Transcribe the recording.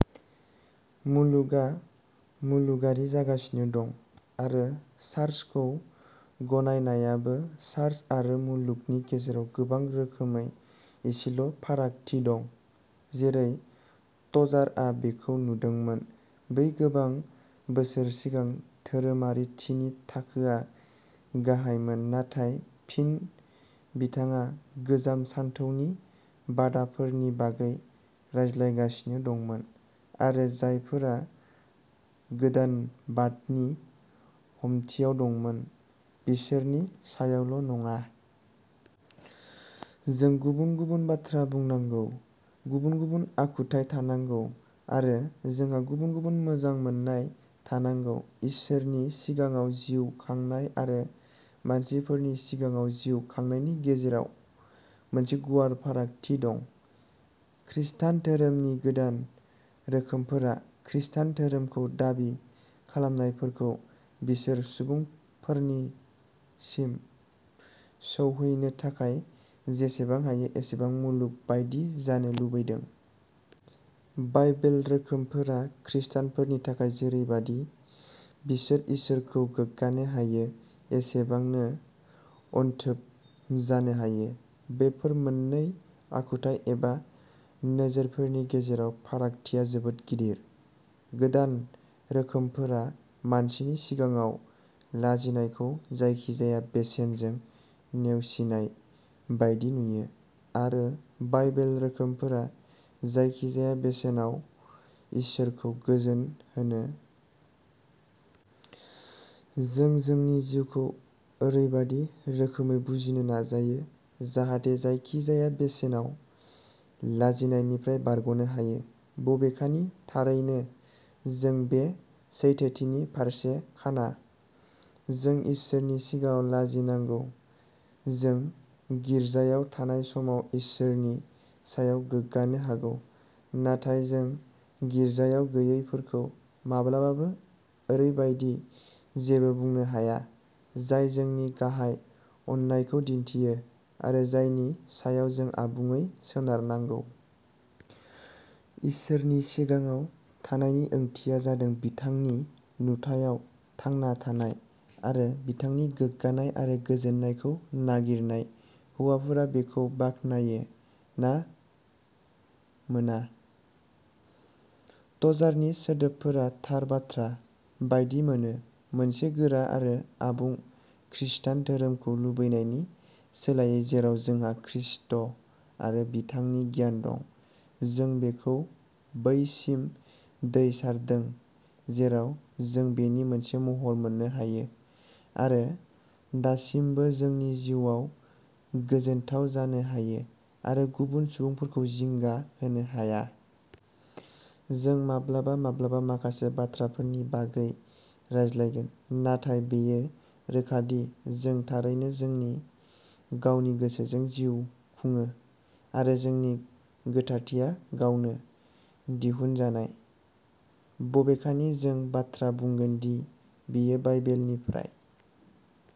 मुलुगआ मुलुगारि जागासिनो दं आरो चार्चखौ गनायनायाबो। चार्च आरो मुलुगनि गेजेराव गोबां रोखोमै एसेल'फारागथि दं। जेरै टजारआ बेखौ नुदोंमोन, बै गोबां बोसोर सिगां, धोरोमारिथिनि थाखोआ गाहायमोन। नाथाय फिन, बिथाङा गोजाम सानथौनि बादाफोरनि बागै रायज्लायगासिनो दंमोन आरो जायफोरा गोदानबादनि हमथियाव दंमोन बिसोरनि सायावल'नङा। जों गुबुन-गुबुन बाथ्रा बुंनांगौ, गुबुन-गुबुन आखुथाय थानांगौ, आरो जोंहा गुबुन-गुबुन मोजां मोननाय थानांगौ। इसोरनि सिगाङाव जिउ खांनाय आरो मानसिफोरनि सिगाङाव जिउ खांनायनि गेजेराव मोनसे गुवार फारागथि दं। खृष्टान धोरोमनि गोदान रोखोमफोरा खृष्टान धोरोमखौ दाबि खालामनायफोरखौ बेसोर सुबुंफोरसिम सौहैनो थाखाय जेसेबां हायो एसेबां मुलुग बायदि जानो लुबैदों। बाइबेल रोखोमफोरा खृष्टानफोरनि थाखाय जेरैबादि बिसोर इसोरखौ गोग्गानो हायो एसेबांनो अनथोब जानो हायो। बेफोर मोन्नै आखुथाय एबा नोजोरफोरनि गेजेराव फारागथिया जोबोद गिदिर। गोदान रोखोमफोरा मानसिनि सिगाङाव लाजिनायखौ जायखिजाया बेसेनजों नेवसिनाय बायदि नुयो आरो बाइबेल रोखोमफोरा जायखिजाया बेसेनाव इसोरखौ गोजोनहोनो। जों जोंनि जिउखौ ओरैबायदि रोखोमै बुजिनो नाजायो जाहाथे जायखिजाया बेसेनाव लाजिनायनिफ्राय बारग'नो हायो, बबेखानि थारैनो जों बे सैथोथिनि फारसे खाना। जों इसोरनि सिगाङाव लाजिनांगौ। जों गिर्जायाव थानाय समाव इसोरनि सायाव गोग्गानो हागौ, नाथाय जों गिर्जायाव गैयैफोरखौ माब्लाबाबो ओरैबायदि जेबो बुंनो हाया जाय जोंनि गाहाय अननायखौ दिन्थियो आरो जायनि सायाव जों आबुङै सोनारनांगौ। इसोरनि सिगाङाव थानायनि ओंथिया जादों बिथांनि नुथायाव थांना थानाय आरो बिथांनि गोग्गानाय आरो गोजोननायखौ नागिरनाय, हौवाफोरा बेखौ बाख्नायो ना मोना। टजारनि सोदोबफोरा थार बाथ्रा बायदि मोनो। मोनसे गोरा आरो आबुं खृस्टान धोरोमखौ लुबैनायनि सोलायै जेराव जोंहा खृष्ट आरो बिथांनि गियान दं, जों बेखौ बैसिम दै सारदों जेराव जों बेनि मोनसे महर मोननो हायो आरो दासिमबो जोंनि जिउआव गोजोनथाव जानो हायो आरो गुबुन सुबुंफोरखौ जिंगा होनो हाया। जों माब्लाबा माब्लाबा माखासे बाथ्राफोरनि बागै रायज्लायगोन, नाथाय बेयो रोखा दि जों थारैनो जोंनि गावनि गोसोजों जिउ खुङो आरो जोंनि गोथारथिया गावनो दिहुनजानाय, बबेखानि जों बाथ्रा बुंगोन दि बेयो बाइबेलनिफ्राय।